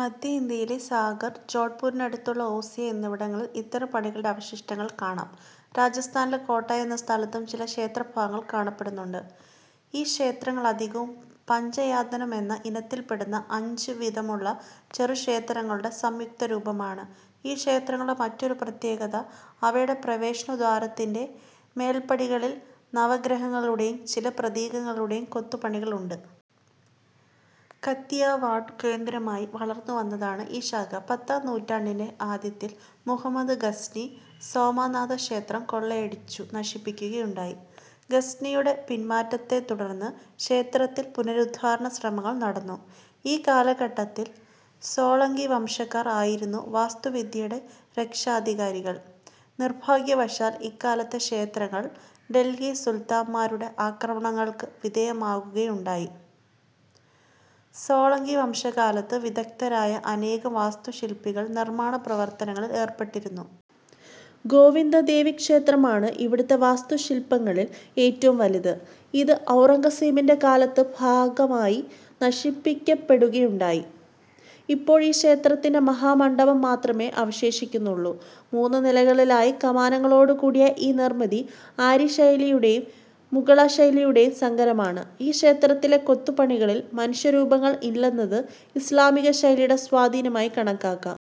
മദ്ധ്യേന്ത്യയിലെ സാഗർ, ജോഡ്പൂരിനടുത്തുള്ള ഓസിയ എന്നിവിടങ്ങളിൽ ഇത്തരം പണികളുടെ അവശിഷ്ടങ്ങൾ കാണാം. രജസ്ഥാനിലെ കോട്ട എന്ന സ്ഥലത്തും ചില ക്ഷേത്രഭാഗങ്ങൾ കാണപ്പെടുന്നുണ്ട്. ഈ ക്ഷേത്രങ്ങൾ അധികവും പഞ്ചയാതനം എന്ന ഇനത്തില്പെടുന്ന അഞ്ചു വീതമുള്ള ചെറുക്ഷേത്രങ്ങളുടെ സംയുക്തരൂപമാണ്. ഈ ക്ഷേത്രങ്ങളുടെ മറ്റൊരു പ്രത്യേകത അവയുടെ പ്രവേശനദ്വാരത്തിന്റെ മേല്പടികളിൽ നവഗ്രഹങ്ങളുടെയും ചില പ്രതീകങ്ങളുടെയും കൊത്തുപണികൾ ഉണ്ട്. കത്തിയവാഡ് കേന്ദ്രമായി വളർന്നുവന്നതാണ് ഈ ശാഖ. പത്താം നൂറ്റാണ്ടിന്റെ ആദ്യത്തിൽ മുഹമ്മദ് ഗസ്നി സോമനാഥ ക്ഷേത്രം കൊള്ളയടിച്ചു നശിപ്പിക്കുകയുണ്ടായി. ഗസ്നിയുടെ പിന്മാറ്റത്തെത്തുടർന്ന് ക്ഷേത്രത്തിൽ പുനരുദ്ധാരണശ്രമങ്ങൾ നടന്നു. ഈ കലഘട്ടത്തിൽ സോളങ്കിവംശക്കാർ ആയിരുന്നു വാസ്തുവിദ്യയുടെ രക്ഷാധികാരികൾ. നിർഭാഗ്യവശാൽ ഇക്കാലത്തെ ക്ഷേത്രങ്ങൾ ഡൽഹി സുൽത്താന്മാരുടെ ആക്രമണങ്ങൾക്കു വിധേയമാകുകയുണ്ടായി. സോളങ്കിവംശക്കാലത്ത് വിദഗ്ദ്ധരായ അനേകം വാസ്തുശില്പികൾ നിർമ്മാണപ്രവർത്ത്നങ്ങളിൽ ഏർപ്പെട്ടിരുന്നു. ഗോവിന്ദദേവിക് ക്ഷേത്രമാണ് ഇവിടത്തെ വാസ്തുശില്പങ്ങളിൽ ഏറ്റവും വലുത്. ഇത് ഔറംഗസീബിന്റെ കാലത്ത് ഭാഗികമായി നശിപ്പിക്കപെടുകയുണ്ടായി. ഇപ്പോൾ ഈ ക്ഷേത്രത്തിന്റെ മഹാമണ്ഡപം മാത്രമേ അവശേഷിക്കുന്നുള്ളു. മൂന്നുനിലകളിലായി കമാനങ്ങളോടുകൂടിയ ഈ നിർമിതി ആര്യശൈലിയുടെയും മുഗളശൈലിയുടെയും സങ്കരമാണ്. ഈ ക്ഷേത്രത്തിലെ കൊത്തുപണികളിൽ മനുഷ്യരൂപങ്ങൾ ഇല്ലെന്നത് ഇസ്ലാമിക ശൈലിയുടെ സ്വാധീനമായി കണക്കാക്കാം.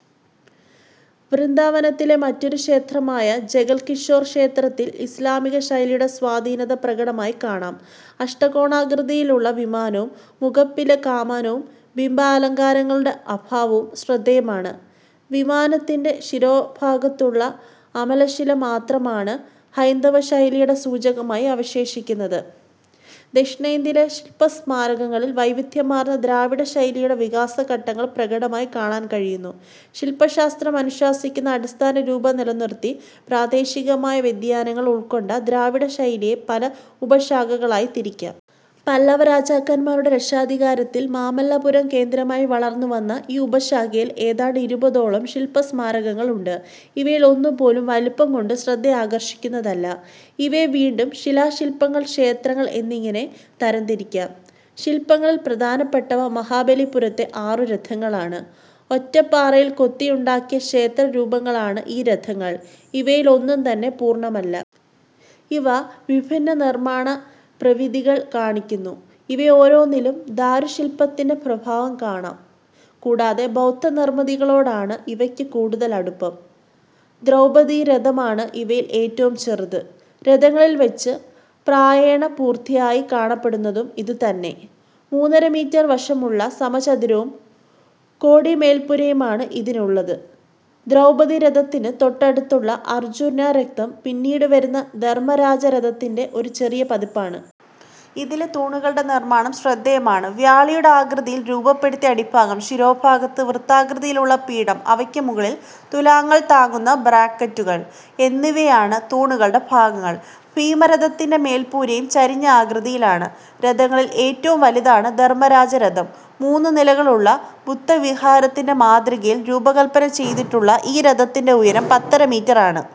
വൃന്ദാവനത്തിലെ മറ്റൊരു ക്ഷേത്രമായ ജഗൽകിഷോർ ക്ഷേത്രത്തിൽ ഇസ്ലാമിക ശൈലിയുടെ സ്വാധീനത പ്രകടമായി കാണാം. അഷ്ടകോണാകൃതിയിലുള്ള വിമാനവും മുഖപ്പിലെ കമാനവും ബിംബാലങ്കാരങ്ങളുടെ അഭാവവും ശ്രദ്ധേയമാണ്. വിമാനത്തിന്റെ ശിരോഭാഗത്തുള്ള അമലശില മാത്രമാണ് ഹൈന്ദവശൈലിയുടെ സൂചകമായി അവശേഷിക്കുന്നത്. ദക്ഷിണേന്ത്യയിലെ ശില്പസ്മാരകങ്ങളിൽ വൈവിധ്യമാർന്ന ദ്രാവിഡശൈലിയുടെ വികാസഘട്ടങ്ങൾ പ്രകടമായി കാണാൻ കഴിയുന്നു. ശില്പശാസ്ത്രം അനുശാസിക്കുന്ന അടിസ്ഥാന രൂപം നിലനിറുത്തി പ്രാദേശികമായ വ്യതിയാനങ്ങൾ ഉൾക്കൊണ്ട ദ്രാവിഡശൈലിയെ പല ഉപശാഖകളായി തിരിക്കാം. പല്ലവരാജാക്കന്മാരുടെ രക്ഷാധികാരത്തിൽ മാമല്ലപുരം കേന്ദ്രമായി വളർന്നുവന്ന ഈ ഉപശാഖയിൽ ഏതാണ്ട് ഇരുപതോളം ശില്പസ്മാരകങ്ങൾ ഉണ്ട്. ഇവയിൽ ഒന്നുപോലും വലിപ്പംകൊണ്ട് ശ്രദ്ധയാകർഷിക്കുന്നതല്ല. ഇവയെ വീണ്ടും ശിലാശില്പങ്ങൾ, ക്ഷേത്രങ്ങൾ എന്നിങ്ങനെ തരംതിരിക്കാം. ശില്പങ്ങളിൽ പ്രധാനപ്പെട്ടവ മഹാബലിപുരത്തെ ആറു രഥങ്ങളാണ്: ഒറ്റപ്പാറയിൽ കൊത്തിയുണ്ടാക്കിയ ക്ഷേത്രരൂപങ്ങളാണ് ഈ രഥങ്ങൾ. ഇവയിൽ ഒന്നും തന്നെ പൂർണമല്ല. ഇവ വിഭിന്ന നിർമ്മാണ പ്രവിധികൾ കാണിക്കുന്നു. ഇവയോരോന്നിലും ദാരുശില്പത്തിന്റെ പ്രഭാവം കാണാം. കൂടാതെ ബൗദ്ധനിർമിതികളൊടാണ് ഇവയ്ക്ക് കൂടുതൽ അടുപ്പം. ദ്രൗപതീരഥമാണ് ഇവയിൽ ഏറ്റവും ചെറുത്; രഥങ്ങളിൽവച്ച് പ്രായേണ പൂർത്തിയായി കാണപ്പെടുന്നതും ഇതുതന്നെ. മൂന്നരമീറ്റർ വശമുള്ള സമചതുരവും കോടിമേല്പുരയുമാണ് ഇതിനുള്ളത്. ദ്രൗപതീരഥത്തിന് തൊട്ടടുത്തുള്ള അർജ്ജുനരഥം പിന്നീടുവരുന്ന ധർമരാജരഥത്തിന്റെ ഒരു ചെറിയ പതിപ്പാണ്. ഇതിലെ തൂണുകളുടെ നിർമ്മാണം ശ്രദ്ധേയമാണ്. വ്യാളിയുടെ ആകൃതിയിൽ രൂപപ്പെടുത്തിയ അടിഭാഗം, ശിരോഭാഗത്ത് വൃത്താകൃതിയിലുള്ള പീഠം അവയ്ക്ക് മുകളിൽ തുലാങ്ങൾ താങ്ങുന്ന ബ്രാക്കറ്റുകൾ എന്നിവയാണ് തൂണുകളുടെ ഭാഗങ്ങൾ. ഭീമരഥത്തിന്റെ മേല്പുരയും ചരിഞ്ഞ ആകൃതിയിലാണ്. രഥങ്ങളിൽ ഏറ്റവും വലുതാണ് ധർമരാജരഥം. മൂന്നുനിലകളുള്ള ബുദ്ധവിഹാരത്തിന്റെ മാതൃകയിൽ രൂപകല്പനച്യ്തിട്ടുള്ള ഈ രഥത്തിന്റെ ഉയരം പത്തര മീറ്റർ ആണ്.